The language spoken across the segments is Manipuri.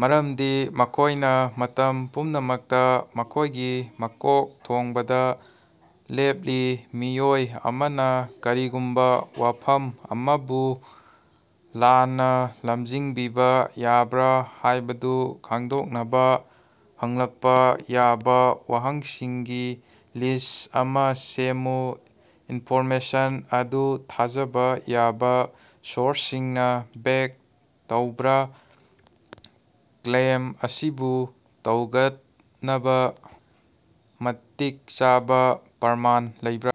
ꯃꯔꯝꯗꯤ ꯃꯈꯣꯏꯅ ꯃꯇꯝ ꯄꯨꯝꯅꯃꯛꯇꯥ ꯃꯈꯣꯏꯒꯤ ꯃꯀꯣꯛ ꯊꯣꯡꯕꯗꯥ ꯂꯦꯞꯂꯤ! ꯃꯤꯑꯣꯏ ꯑꯃꯅ ꯀꯔꯤꯒꯨꯝꯕ ꯋꯥꯐꯝ ꯑꯃꯕꯨ ꯂꯥꯟꯅꯥ ꯂꯝꯖꯤꯡꯕꯤꯕ ꯌꯥꯕ꯭ꯔꯥ ꯍꯥꯏꯕꯗꯨ ꯈꯪꯗꯣꯛꯅꯕꯥ ꯍꯪꯂꯛꯄꯥ ꯌꯥꯕ ꯋꯥꯍꯪꯁꯤꯡꯒꯤ ꯂꯤꯁ꯭ꯠ ꯑꯃ ꯁꯦꯝꯃꯨ꯫ ꯏꯟꯐꯣꯔꯃꯦꯁꯟ ꯑꯗꯨ ꯊꯥꯖꯕ ꯌꯥꯕ ꯁꯣꯔꯁꯁꯤꯡꯅ ꯕꯦꯛ ꯇꯧꯕꯔꯥ? ꯀ꯭ꯂꯦꯝ ꯑꯁꯤꯕꯨ ꯁꯧꯒꯠꯅꯕ ꯃꯇꯤꯛ ꯆꯥꯕ ꯄ꯭ꯔꯃꯥꯟ ꯂꯩꯕ꯭ꯔꯥ?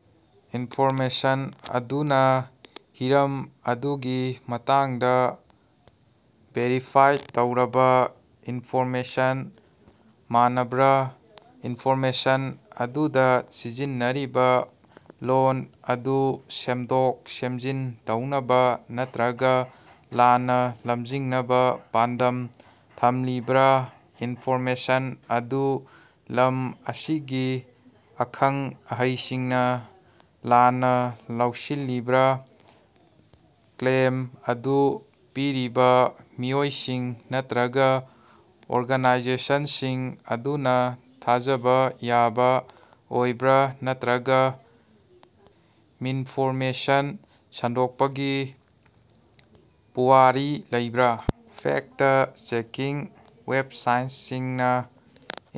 ꯏꯟꯐꯣꯔꯃꯦꯁꯟ ꯑꯗꯨꯅ ꯍꯤꯔꯝ ꯑꯗꯨꯒꯤ ꯃꯇꯥꯡꯗ ꯚꯦꯔꯤꯐꯥꯏ ꯇꯧꯔꯕꯥ ꯏꯟꯐꯣꯔꯃꯦꯁꯟ ꯃꯥꯟꯅꯕ꯭ꯔꯥ? ꯏꯟꯐꯣꯔꯃꯦꯁꯟ ꯑꯗꯨꯗ ꯁꯤꯖꯤꯟꯅꯔꯤꯕ ꯂꯣꯜ ꯑꯗꯨ ꯁꯦꯝꯗꯣꯛ-ꯁꯦꯝꯖꯤꯟ ꯇꯧꯅꯕ ꯅꯠꯇꯔꯒ ꯂꯥꯟꯅ ꯂꯝꯖꯤꯡꯅꯕ ꯄꯥꯟꯗꯝ ꯊꯝꯂꯤꯕꯔꯥ? ꯏꯟꯐꯣꯔꯃꯦꯁꯟ ꯑꯗꯨ ꯂꯝ ꯑꯁꯤꯒꯤ ꯑꯈꯪ-ꯑꯍꯩꯁꯤꯡꯅ ꯂꯥꯟꯅ ꯂꯧꯁꯤꯜꯂꯤꯕꯔꯥ? ꯀ꯭ꯂꯦꯝ ꯑꯗꯨ ꯄꯤꯔꯤꯕꯥ ꯃꯤꯑꯣꯏꯁꯤꯡ ꯅꯠꯇꯔꯒ ꯑꯣꯔꯒꯥꯅꯥꯏꯖꯦꯁꯟꯟꯁꯤꯡ ꯑꯗꯨꯅ ꯊꯥꯖꯕ ꯌꯥꯕ ꯑꯣꯏꯕ꯭ꯔꯥ ꯅꯠꯇꯔꯒ ꯃꯤꯟꯐꯣꯔꯃꯦꯁꯟ ꯁꯟꯗꯣꯛꯄꯒꯤ ꯄꯨꯋꯥꯔꯤ ꯂꯩꯕ꯭ꯔꯥ? ꯐꯦꯛꯇ-ꯆꯦꯀꯤꯡ ꯋꯦꯕꯁꯥꯏꯇꯁꯤꯡꯅ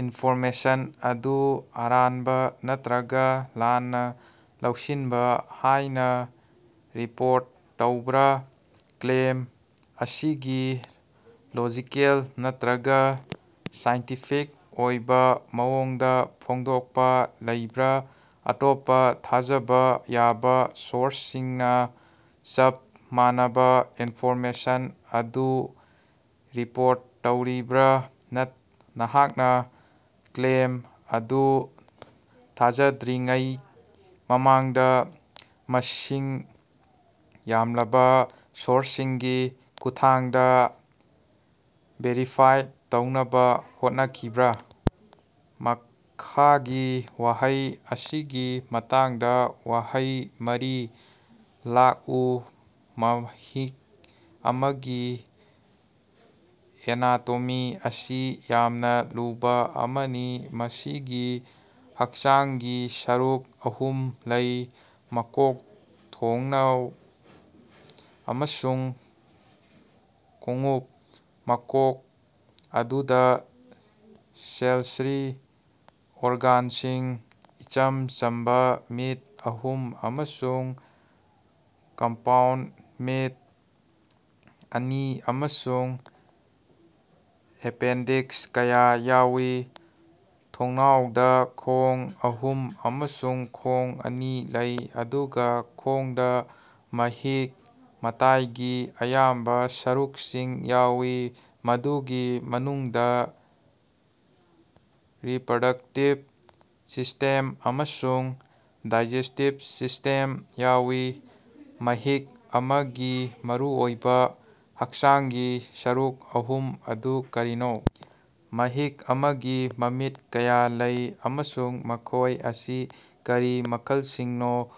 ꯏꯟꯐꯣꯔꯃꯦꯁꯟ ꯑꯗꯨ ꯑꯔꯥꯟꯕ ꯅꯠꯇꯔꯒ ꯂꯥꯟꯅ ꯂꯧꯁꯤꯟꯕ ꯍꯥꯏꯅ ꯔꯤꯄꯣꯔꯠ ꯇꯧꯕꯔꯥ? ꯀ꯭ꯂꯦꯝ ꯑꯁꯤꯒꯤ ꯂꯣꯖꯤꯀꯦꯜ ꯅꯠꯇꯔꯒ ꯁꯥꯏꯟꯇꯤꯐꯤꯛ ꯑꯣꯏꯕ ꯃꯑꯣꯡꯗ ꯐꯣꯡꯗꯣꯛꯄ ꯂꯩꯕꯔꯥ? ꯑꯇꯣꯞꯄꯥ ꯊꯥꯖꯕ ꯌꯥꯕ ꯁꯣꯔꯁꯁꯤꯡꯅ ꯆꯞ ꯃꯥꯟꯅꯕ ꯏꯟꯐꯣꯔꯃꯦꯁꯟ ꯑꯗꯨ ꯔꯤꯄꯣꯔꯠ ꯇꯧꯔꯤꯕ꯭ꯔꯥ? ꯅꯍꯥꯛꯅ ꯀ꯭ꯂꯦꯝ ꯑꯗꯨ ꯊꯥꯖꯗ꯭ꯔꯤꯉꯩ ꯃꯃꯥꯡꯗ ꯃꯁꯤꯡ ꯌꯥꯝꯂꯕ ꯁꯣꯔꯁꯁꯤꯡꯒꯤ ꯈꯨꯠꯊꯥꯡꯗ ꯚꯦꯔꯤꯐꯥꯏ ꯇꯧꯅꯕ ꯍꯣꯠꯅꯈꯤꯕ꯭ꯔꯥ? ꯃꯈꯥꯒꯤ ꯋꯥꯍꯩ ꯑꯁꯤꯒꯤ ꯃꯇꯥꯡꯗ ꯋꯥꯍꯪ ꯃꯔꯤ ꯂꯥꯛꯎ꯫ ꯃꯍꯤꯛ ꯑꯃꯒꯤ ꯑꯦꯅꯥꯇꯣꯃꯤ ꯑꯁꯤ ꯌꯥꯝꯅ ꯂꯨꯕꯥ ꯑꯃꯅꯤ꯫ ꯃꯁꯤꯒꯤ ꯍꯛꯆꯥꯡꯒꯤ ꯁꯔꯨꯛ ꯑꯍꯨꯝ ꯂꯩ: ꯃꯀꯣꯛ, ꯊꯣꯡꯅꯥꯎ ꯑꯃꯁꯨꯡ ꯈꯣꯡꯎꯞ꯫ ꯃꯀꯣꯛ ꯑꯗꯨꯗꯥ ꯁꯦꯟꯁꯔꯤ ꯑꯣꯔꯒꯥꯟꯁꯤꯡ, ꯏꯆꯝ ꯆꯝꯕꯥ ꯃꯤꯠ ꯑꯍꯨꯝ ꯑꯃꯁꯨꯡ ꯀꯝꯄꯥꯎꯟꯗ ꯃꯤꯠ ꯑꯅꯤ, ꯑꯃꯁꯨꯡ ꯑꯦꯄꯦꯟꯗꯤꯛꯁ ꯀꯌꯥ ꯌꯥꯎꯏ꯫ ꯊꯣꯡꯅꯥꯎꯗ ꯈꯣꯡ ꯑꯍꯨꯝ ꯑꯃꯁꯨꯡ ꯈꯣꯡ ꯑꯅꯤ ꯂꯩ, ꯑꯗꯨꯒ ꯈꯣꯡꯗ ꯃꯍꯤꯛ-ꯃꯇꯥꯏꯒꯤ ꯑꯌꯥꯝꯕ ꯁꯔꯨꯛꯁꯤꯡ ꯌꯥꯎꯏ, ꯃꯗꯨꯒꯤ ꯃꯅꯨꯡꯗꯥ ꯔꯤꯄꯔꯗꯛꯇꯤꯚ ꯁꯤꯁ꯭ꯇꯦꯝ ꯑꯃꯁꯨꯡ ꯗꯥꯏꯖꯦꯁ꯭ꯇꯤꯚ ꯁꯤꯁ꯭ꯇꯦꯝ ꯌꯥꯎꯏ꯫ ꯃꯍꯤꯛ ꯑꯃꯒꯤ ꯃꯔꯨꯑꯣꯏꯕ ꯍꯛꯆꯥꯡꯒꯤ ꯁꯔꯨꯛ ꯑꯍꯨꯝ ꯑꯗꯨ ꯀꯔꯤꯅꯣ? ꯃꯍꯤꯛ ꯑꯃꯒꯤ ꯃꯃꯤꯠ ꯀꯌꯥ ꯂꯩ, ꯑꯃꯁꯨꯡ ꯃꯈꯣꯏ ꯑꯁꯤ ꯀꯔꯤ ꯃꯈꯜꯁꯤꯡꯅꯣ?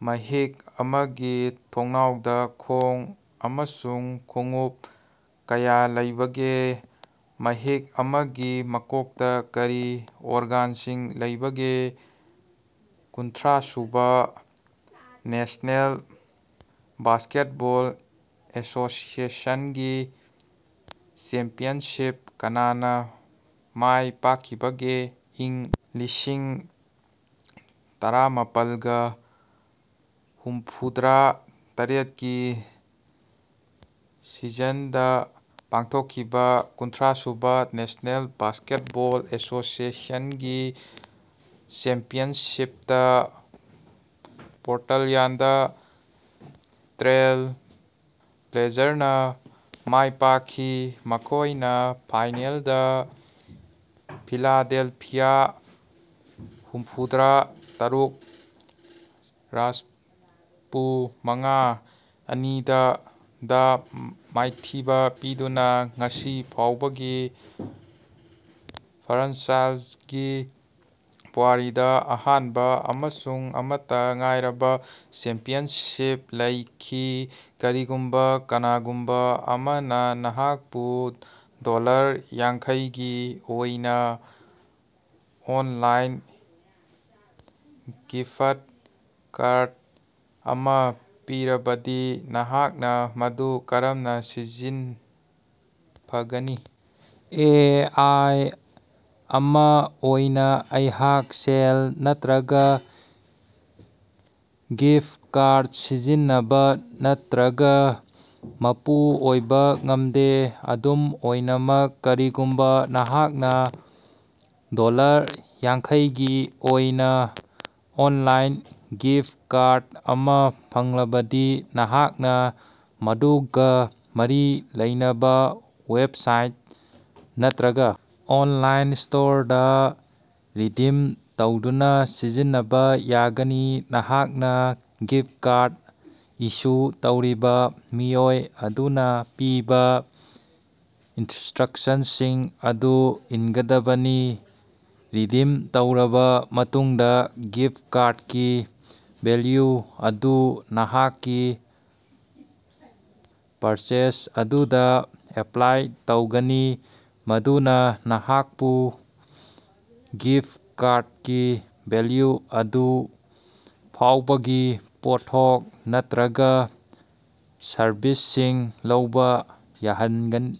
ꯃꯍꯤꯛ ꯑꯃꯒꯤ ꯊꯣꯡꯅꯥꯎꯗ ꯈꯣꯡ ꯑꯃꯁꯨꯡ ꯈꯣꯡꯎꯞ ꯀꯌꯥ ꯂꯩꯕꯒꯦ? ꯃꯍꯤꯛ ꯑꯃꯒꯤ ꯃꯀꯣꯛꯇꯥ ꯀꯔꯤ ꯑꯣꯔꯒꯥꯟꯁꯤꯡ ꯂꯩꯕꯒꯦ? ꯀꯨꯟꯊ꯭ꯔꯥꯁꯨꯕꯥ ꯅꯦꯁꯅꯦꯜ ꯕꯥꯁꯀꯦꯠꯕꯣꯜ ꯑꯦꯁꯣꯁꯤꯌꯦꯁꯟ ꯒꯤ ꯆꯦꯝꯄꯤꯌꯟꯁꯤꯞ ꯀꯅꯥꯅ ꯃꯥꯏꯄꯥꯛꯈꯤꯕꯒꯦ? ꯏꯪ ꯂꯤꯁꯤꯡ ꯇꯔꯥꯃꯄꯥꯜꯒ ꯍꯨꯝꯐꯨꯗꯔꯥ ꯇꯔꯦꯠꯀꯤ ꯁꯤꯖꯟꯗꯥ ꯄꯥꯡꯊꯣꯛꯈꯤꯕ ꯀꯨꯟꯊ꯭ꯔꯥꯁꯨꯕꯥ ꯅꯦꯁꯅꯦꯜ ꯕꯥꯁꯀꯦꯠꯕꯣꯜ ꯑꯦꯁꯣꯁꯤꯌꯦꯁꯟ ꯒꯤ ꯆꯦꯝꯄꯤꯌꯟꯁꯤꯞꯇꯥ ꯄꯣꯔꯇꯜꯌꯥꯟꯗ ꯇ꯭ꯔꯦꯜ ꯕ꯭ꯂꯦꯖꯥꯔꯅꯥ ꯃꯥꯏꯄꯥꯛꯈꯤ꯫ ꯃꯈꯣꯏꯅꯥ ꯐꯥꯏꯅꯦꯜꯗꯥ ꯐꯤꯂꯥꯗꯦꯜꯐꯤꯌꯥ ꯍꯨꯝꯐꯨꯗꯔꯥ ꯇꯔꯨꯛ ꯔꯁꯄꯨ ꯃꯉꯥ-ꯑꯅꯤ ꯗꯥ ꯗꯥ ꯃꯥꯏꯊꯤꯕ ꯄꯤꯗꯨꯅ ꯉꯁꯤ ꯐꯥꯎꯕꯒꯤ ꯐ꯭ꯔꯥꯟꯆꯥꯏꯖꯒꯤ ꯄꯨꯋꯥꯔꯤꯗ ꯑꯍꯥꯟꯕ ꯑꯃꯁꯨꯡ ꯑꯃꯠꯇꯥ ꯉꯥꯏꯔꯕꯥ ꯆꯦꯝꯄꯤꯌꯟꯁꯤꯞ ꯂꯧꯈꯤ꯫ ꯀꯔꯤꯒꯨꯝꯕꯥ ꯀꯅꯥꯒꯨꯝꯕꯥ ꯑꯃꯅ ꯅꯍꯥꯛꯄꯨ ꯗꯣꯂꯔ ꯌꯥꯡꯈꯩ ꯒꯤ ꯑꯣꯏꯅ ꯑꯣꯟꯂꯥꯏꯟ ꯒꯤꯐꯠ ꯀꯥꯔꯗ ꯑꯃ ꯄꯤꯔꯕꯗꯤ ꯅꯍꯥꯛꯅ ꯃꯗꯨ ꯀꯔꯝꯅ ꯁꯤꯖꯤꯟꯅꯒꯅꯤ? ꯑꯦ. ꯑꯥꯏ. ꯑꯃ ꯑꯣꯏꯅ ꯑꯩꯍꯥꯛ ꯁꯦꯜ ꯅꯠꯇꯔꯒ ꯒꯤꯐꯠ ꯀꯥꯔꯗ ꯁꯤꯖꯤꯟꯅꯕꯥ ꯅꯠꯇꯔꯒ ꯃꯄꯨ ꯑꯣꯏꯕ ꯉꯃꯗꯦ꯫ ꯑꯗꯨꯝ ꯑꯣꯏꯅꯃꯛ, ꯀꯔꯤꯒꯨꯝꯕꯥ ꯅꯍꯥꯛꯅ ꯗꯣꯂꯔ ꯌꯥꯡꯈꯩ ꯒꯤ ꯑꯣꯏꯅ ꯑꯣꯟꯂꯥꯏꯟ ꯒꯤꯐꯠ ꯀꯥꯔꯗ ꯑꯃ ꯐꯪꯂꯕꯗꯤ, ꯅꯍꯥꯛꯅ ꯃꯗꯨꯒ ꯃꯔꯤ ꯂꯩꯅꯕ ꯋꯦꯕꯁꯥꯏꯠ ꯅꯠꯇꯔꯒ ꯑꯣꯅꯂꯥꯏꯟ ꯁ꯭ꯇꯣꯔꯗ ꯔꯤꯗꯤꯝ ꯇꯧꯗꯨꯅ ꯁꯤꯖꯤꯟꯅꯕ ꯌꯥꯒꯅꯤ꯫ ꯅꯍꯥꯛꯅ ꯒꯤꯐꯠ ꯀꯥꯔꯗ ꯏꯁꯨ ꯇꯧꯔꯤꯕ ꯃꯤꯑꯣꯏ ꯑꯗꯨꯅ ꯄꯤꯕ ꯏꯟꯁ꯭ꯇꯔꯛꯁꯟꯁꯤꯡ ꯑꯗꯨ ꯏꯟꯒꯗꯕꯅꯤ꯫ ꯔꯤꯗꯤꯝ ꯇꯧꯔꯕꯥ ꯃꯇꯨꯡꯗꯥ, ꯒꯤꯐꯠ ꯀꯥꯔꯗꯀꯤ ꯚꯦꯜꯌꯨ ꯑꯗꯨ ꯅꯍꯥꯛꯀꯤ ꯄꯔꯆꯦꯖ ꯑꯗꯨꯗꯥ ꯑꯦꯄꯂꯥꯏ ꯇꯧꯒꯅꯤ, ꯃꯗꯨꯅꯥ ꯅꯍꯥꯛꯄꯨ ꯒꯤꯐꯠ ꯀꯥꯔꯗꯀꯤ ꯚꯦꯜꯌꯨ ꯑꯗꯨ ꯐꯥꯎꯕꯒꯤ ꯄꯣꯠꯊꯣꯛ ꯅꯠꯠꯔꯒꯥ ꯁꯔꯚꯤꯁꯁꯤꯡ ꯂꯧꯕꯥ ꯌꯥꯍꯉꯅꯤ꯫